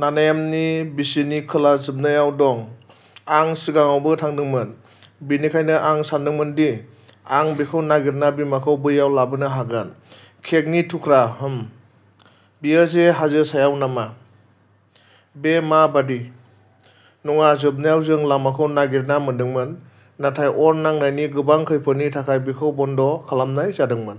नानाइम'बि सि नि खोला जोबनायाव दं। आं सिगाङावबो थांदोंमोन, बेनिखायनो आं सानदोंमोन दि आं बेखौ नागिरना बिमाखौ बैयाव लाबोनो हागोन। केकनि थुख्रा। हम्म, बेयो बे हाजो सायाव नामा? बे मा बायदि? नङा जोबनायाव जों लामाखौ नागिरना मोनदोंमोन, नाथाय अर नांनायनि गोबां खैफोदनि थाखाय बेखौ बन्द खालामनाय जादोंमोन।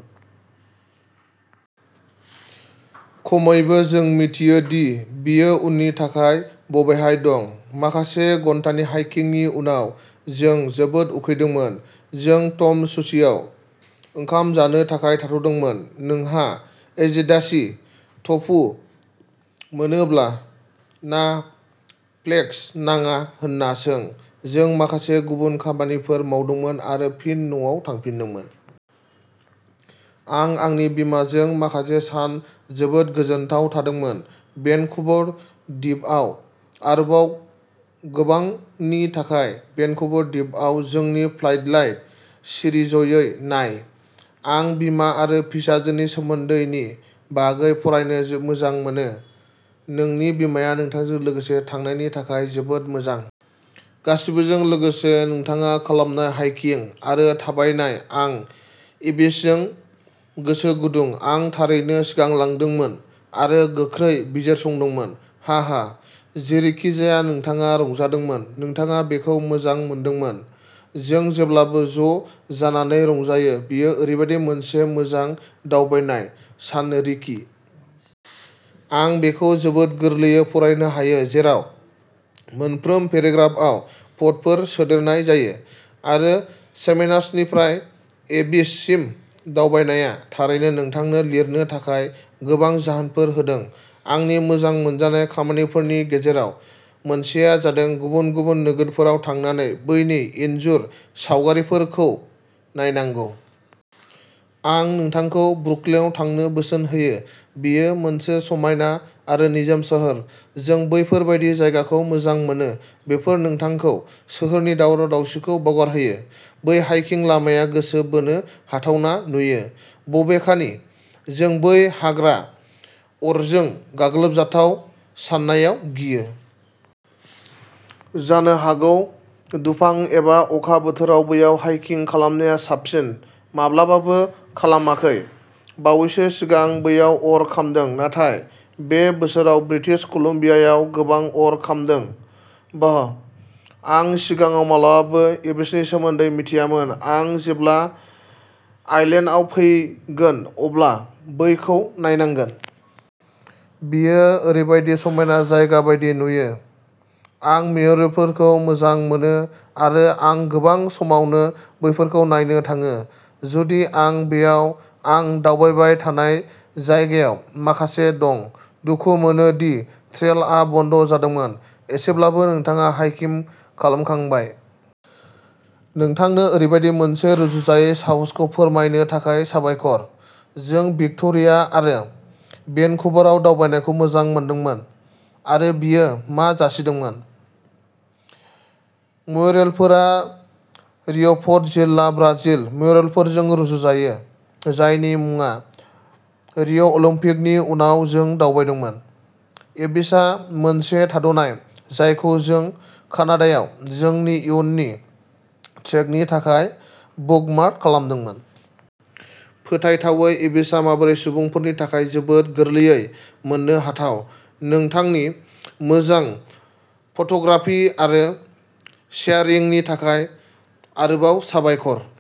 खमैबो जों मिथियो दि बेयो उननि थाखाय बबेहाय दं। माखासे घन्टानि हाइकिंनि उनाव, जों जोबोद उखैदोंमोन। जों ट'म'सुशिआव ओंखाम जानो थाखाय थाथ'दोंमोन। नोंहा एजेदाशि ट'फु मोनोब्ला ना फ्लेक्स नाङा होनना सों। जों माखासे गुबुन खामानिफोर मावदोंमोन आरो फिन न'आव थांफिनदोंमोन। आं आंनि बिमाजों माखासे सान जोबोद गोजोनथाव थादोंमोन। भेनकुवर दिपआव आरोबाव गोबांनि थाखाय भेनकुवर दिपआव जोंनि स्पटलाइट सिरिजखौ नाय। आं बिमा आरो फिसाजोनि सोमोन्दोनि बागै फरायनो मोजां मोनो। नोंनि बिमाया नोंथांजों लोगोसे थांनायनि थाखाय जोबोद मोजां। गासिबोजों लोगोसे। नोंथाङा खालामनाय हाइकिं आरो थाबायनाय आं एबिसजों गोसो गुदुं। आं थारैनो सिगांलांदोंमोन आरो गोख्रै बिजिरसंदोंमोन। हाहा जेरैखिजाया, नोंथाङा रंजादोंमोन! नोंथाङा बेखौ मोजां मोनदोंमोन! जों जेब्लाबो ज'जानानै रंजायो। बेयो ओरैबायदि मोनसे मोजां दावबायनाय सानरिखि। आं बेखौ जोबोद गोरलैयै फरायनो हायो, जेराव मोनफ्रोम पेराग्राफआव फट'फोर सोदेरनाय जायो। आरो चेमेनासनिफ्राय एबिस सिम दावबायनाया थारैनो नोंथांनो लिरनो थाखाय गोबां जाहोनफोर होदों। आंनि मोजां मोनजानाय खामानिफोरनि गेजेराव मोनसेआ जादों गुबुन-गुबुन नोगोरफोराव थांनानै बैनि इनजुर सावगारिफोरखौ नायनांगौ। आं नोंथांखौ ब्रुकलिनआव थांनो बोसोन होयो, बेयो मोनसे समायना आरो निजोम सोहोर। जों बेफोर बायदि जायगाफोरखौ मोजां मोनो बेफोर नोंथांखौ सोहोरनि दावराव-दावसिखौ बावगारहोयो। बै हाइकिं लामाया गोसो बोनो हाथावना नुयो, बबेखानि जों बेखौ हाग्रा अरजों गाग्लोबजाथाव साननायाव गियो। जानो हागौ दुफां एबा अखा बोथोराव बैयाव हाइकिं खालामनाया साबसिन। माब्लाबाबो खालामाखै। बावैसो सिगां बैयाव अर खामदों, नाथाय बे बोसोराव ब्रिटिश कलम्बियायाव गोबां अर खामदों। बाह, आं सिगाङाव माब्लाबाबो एबिसनि सोमोन्दै मिथियामोन। आं जेब्ला आइलेन्डआव फैगोन अब्ला बेखौ नायनांगोन। बेयो ओरैबायदि समायना जायगा बायदि नुयो। आं म्युरेलफोरखौ मोजां मोनो आरो आं गोबां समावनो बेफोरखौ नायनो थाङो, जुदि आं बेयाव आं दावबायबाय थानाय जायगायाव माखासे दं। दुखु मोनो दि ट्रेलआ बन्द जादोंमोन, एसेब्लाबो नोंथाङा हाइकिम खालामखांबाय। नोंथांनो ओरैबायदि मोनसे रुजुजायै साहसखौ फोरमायनो थाखाय साबायखर। जों भिक्ट'रिया आरो भेनकुभाराव दावबायनायखौ मोजां मोनदोंमोन आरो बेयो मा जासिदोंमोन। म्युरेलफोरा रिय'पर्ट जिल्ला ब्राजिल म्युरेलफोरजों रुजुजायो, जायनि मुङा रिय'अलिम्पिकनि उनाव जों दावबायदोंमोन। एबिसआ मोनसे थाद'नाय जायखौ जों कानाडायाव जोंनि उननि ट्रेकनि थाखाय बुकमार्क खालामदों। फोथायथावै एबिसआ माबोरै सुबुंफोरनि थाखाय जोबोद गोरलैयै मोननो हाथाव। नोंथांनि मोजां फट'ग्राफि आरो शेयारिंनि थाखाय आरोबाव साबायखर।